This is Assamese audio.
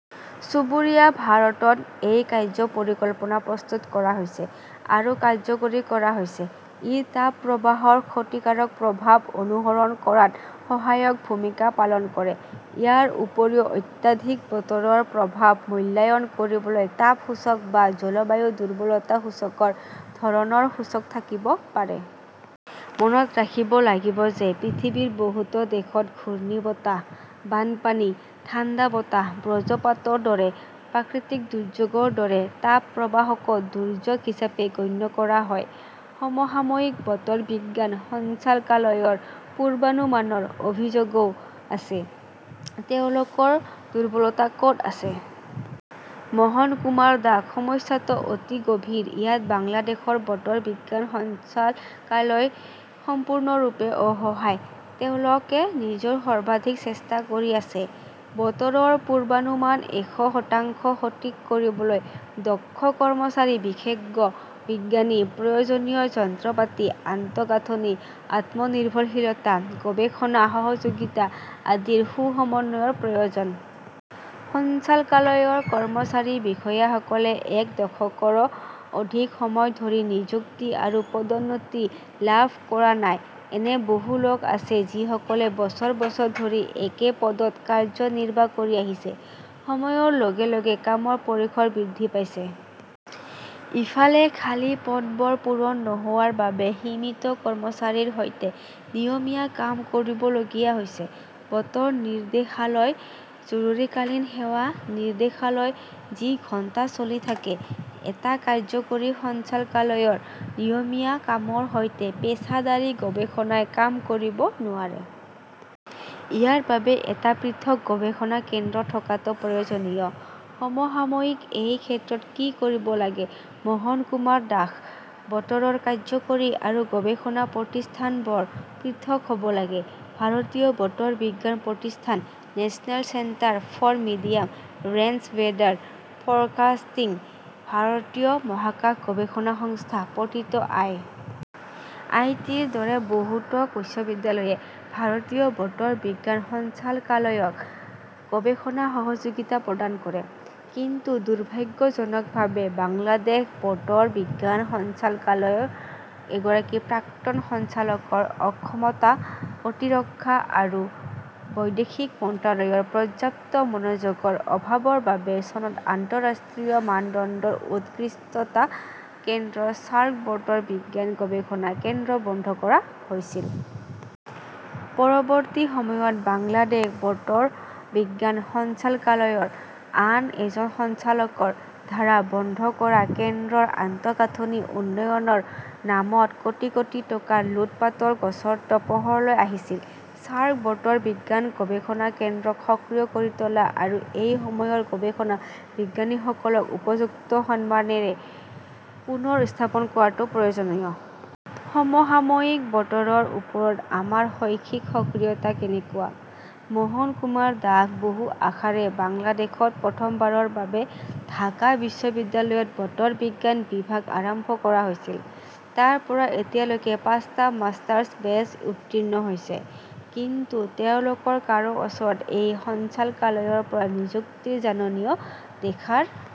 চুবুৰীয়া ভাৰতত এই কাৰ্য্য পৰিকল্পনা প্ৰস্তুত কৰা হৈছে আৰু কাৰ্যকৰী কৰা হৈছে। ই তাপ প্ৰবাহৰ ক্ষতিকাৰক প্ৰভাৱ অনুসৰণ কৰাত সহায়ক ভূমিকা পালন কৰে। ইয়াৰ উপৰিও, অত্যাধিক বতৰৰ প্ৰভাৱ মূল্যায়ন কৰিবলৈ তাপ সূচক বা জলবায়ু দুৰ্বলতা সূচকৰ ধৰণৰ সূচক থাকিব পাৰে। মনত ৰাখিব লাগিব যে পৃথিৱীৰ বহুতো দেশত ঘূৰ্ণীবতাহ, বানপানী, ঠাণ্ডা বতাহ, বজ্ৰপাতৰ দৰে প্ৰাকৃতিক দুৰ্যোগৰ দৰে তাপ প্ৰবাহকো দুৰ্যোগ হিচাপে গণ্য কৰা হয়। সমসাময়িকঃ বতৰ বিজ্ঞান সঞ্চালকালয়ৰ পূৰ্বানুমানৰ অভিযোগও আছে। তেওঁলোকৰ দুৰ্বলতা ক "ত আছে? মোহন কুমাৰ দাসঃ সমস্যাটো অতি গভীৰ, ইয়াত বাংলাদেশৰ বতৰ বিজ্ঞান সঞ্চালকালয় সম্পূৰ্ণৰূপে অসহায়। তেওঁলোকে নিজৰ সৰ্বাধিক চেষ্টা কৰি আছে। বতৰৰ পূৰ্বানুমান এশ শতাংশ সঠিক কৰিবলৈ দক্ষ কৰ্মচাৰী, বিশেষজ্ঞ বিজ্ঞানী, প্ৰয়োজনীয় যন্ত্ৰপাতি, আন্তঃগাঁথনি, আত্মনিৰ্ভৰশীলতা, গৱেষণা সহযোগিতা আদিৰ সু-সমন্বয়ৰ প্ৰয়োজন। সঞ্চালকালয়ৰ কৰ্মচাৰী-বিষয়াসকলে এক দশকৰো অধিক সময় ধৰি নিযুক্তি আৰু পদোন্নতি লাভ কৰা নাই। এনে বহু লোক আছে যিসকলে বছৰ বছৰ ধৰি একে পদত কাৰ্যনিৰ্বাহ কৰি আহিছে। সময়ৰ লগে লগে কামৰ পৰিসৰ বৃদ্ধি পাইছে! ইফালে, খালী পদবোৰ পূৰণ নোহোৱাৰ বাবে সীমিত কৰ্মচাৰীৰ সৈতে নিয়মীয়া কাম কৰিবলগীয়া হৈছে। বতৰ নিৰ্দেশালয় জৰুৰীকালীন সেৱা নিৰ্দেশালয় যি ঘণ্টা চলি থাকে। এটা কাৰ্য্যকৰী সঞ্চালকালয়ৰ নিয়মীয়া কামৰ সৈতে পেছাদাৰী গৱেষণাই কাম কৰিব নোৱাৰে! ইয়াৰ বাবে এটা পৃথক গৱেষণা কেন্দ্ৰ থকাটো প্ৰয়োজনীয়। সমসাময়িকঃ এই ক্ষেত্ৰত কি কৰিব লাগে? মোহন কুমাৰ দাশঃ বতৰৰ কাৰ্য্যকৰী আৰু গৱেষণা প্ৰতিষ্ঠানবোৰ পৃথক হ 'ব লাগে। ভাৰতীয় বতৰ বিজ্ঞান প্ৰতিষ্ঠান, National Centre for Medium Range Weather Forecasting, ভাৰতীয় মহাকাশ গৱেষণা সংস্থা, প্ৰতিটো আই. আই. টি. -ৰ দৰে বহুতো বিশ্ববিদ্যালয়ে ভাৰতীয় বতৰ বিজ্ঞান সঞ্চালকালয়ক গৱেষণা সহযোগিতা প্ৰদান কৰে। কিন্তু দুৰ্ভাগ্যজনকভাৱে, বাংলাদেশ বতৰ বিজ্ঞান সঞ্চালকালয়ৰ এগৰাকী প্ৰাক্তন সঞ্চালকৰ অক্ষমতা, প্ৰতিৰক্ষা আৰু বৈদেশিক মন্ত্ৰালয়ৰ পৰ্যাপ্ত মনোযোগৰ অভাৱৰ বাবে চনত আন্তঃৰাষ্ট্ৰীয় মানদণ্ডৰ 'উৎকৃষ্টতা কেন্দ্ৰ' চাৰ্ক বতৰ বিজ্ঞান গৱেষণা কেন্দ্ৰ বন্ধ কৰা হৈছিল। পৰৱৰ্তী সময়ত বাংলাদেশ বতৰ বিজ্ঞান সঞ্চালকালয়ৰ আন এজন সঞ্চালকৰ দ্বাৰা বন্ধ কৰা কেন্দ্ৰৰ আন্তঃগাঁথনি উন্নয়নৰ নামত কোটি কোটি টকাৰ লুটপাটৰ গোচৰটো পোহৰলৈ আহিছিল। চাৰ্ক বতৰ বিজ্ঞান গৱেষণা কেন্দ্ৰক সক্ৰিয় কৰি তোলা আৰু সেই সময়ৰ গৱেষণা বিজ্ঞানীসকলক উপযুক্ত সন্মানৰে পুনৰ স্থাপন কৰাটো প্ৰয়োজনীয়। সমসাময়িকঃ বতৰৰ ওপৰত আমাৰ শৈক্ষিক সক্ৰিয়তা কেনেকুৱা? মোহন কুমাৰ দাশঃ বহু আশাৰে বাংলাদেশত প্ৰথমবাৰৰ বাবে ঢাকা বিশ্ববিদ্যালয়ত 'বতৰ বিজ্ঞান "বিভাগ আৰম্ভ কৰা হৈছিল। তাৰ পৰা এতিয়ালৈকে পাঁচটা মাষ্টাৰ্ছ বেচ উত্তীৰ্ণ হৈছে। কিন্তু তেওঁলোকৰ কাৰো ওচৰত এই সঞ্চালকালয়ৰ পৰা নিযুক্তিৰ জাননীও দেখাৰ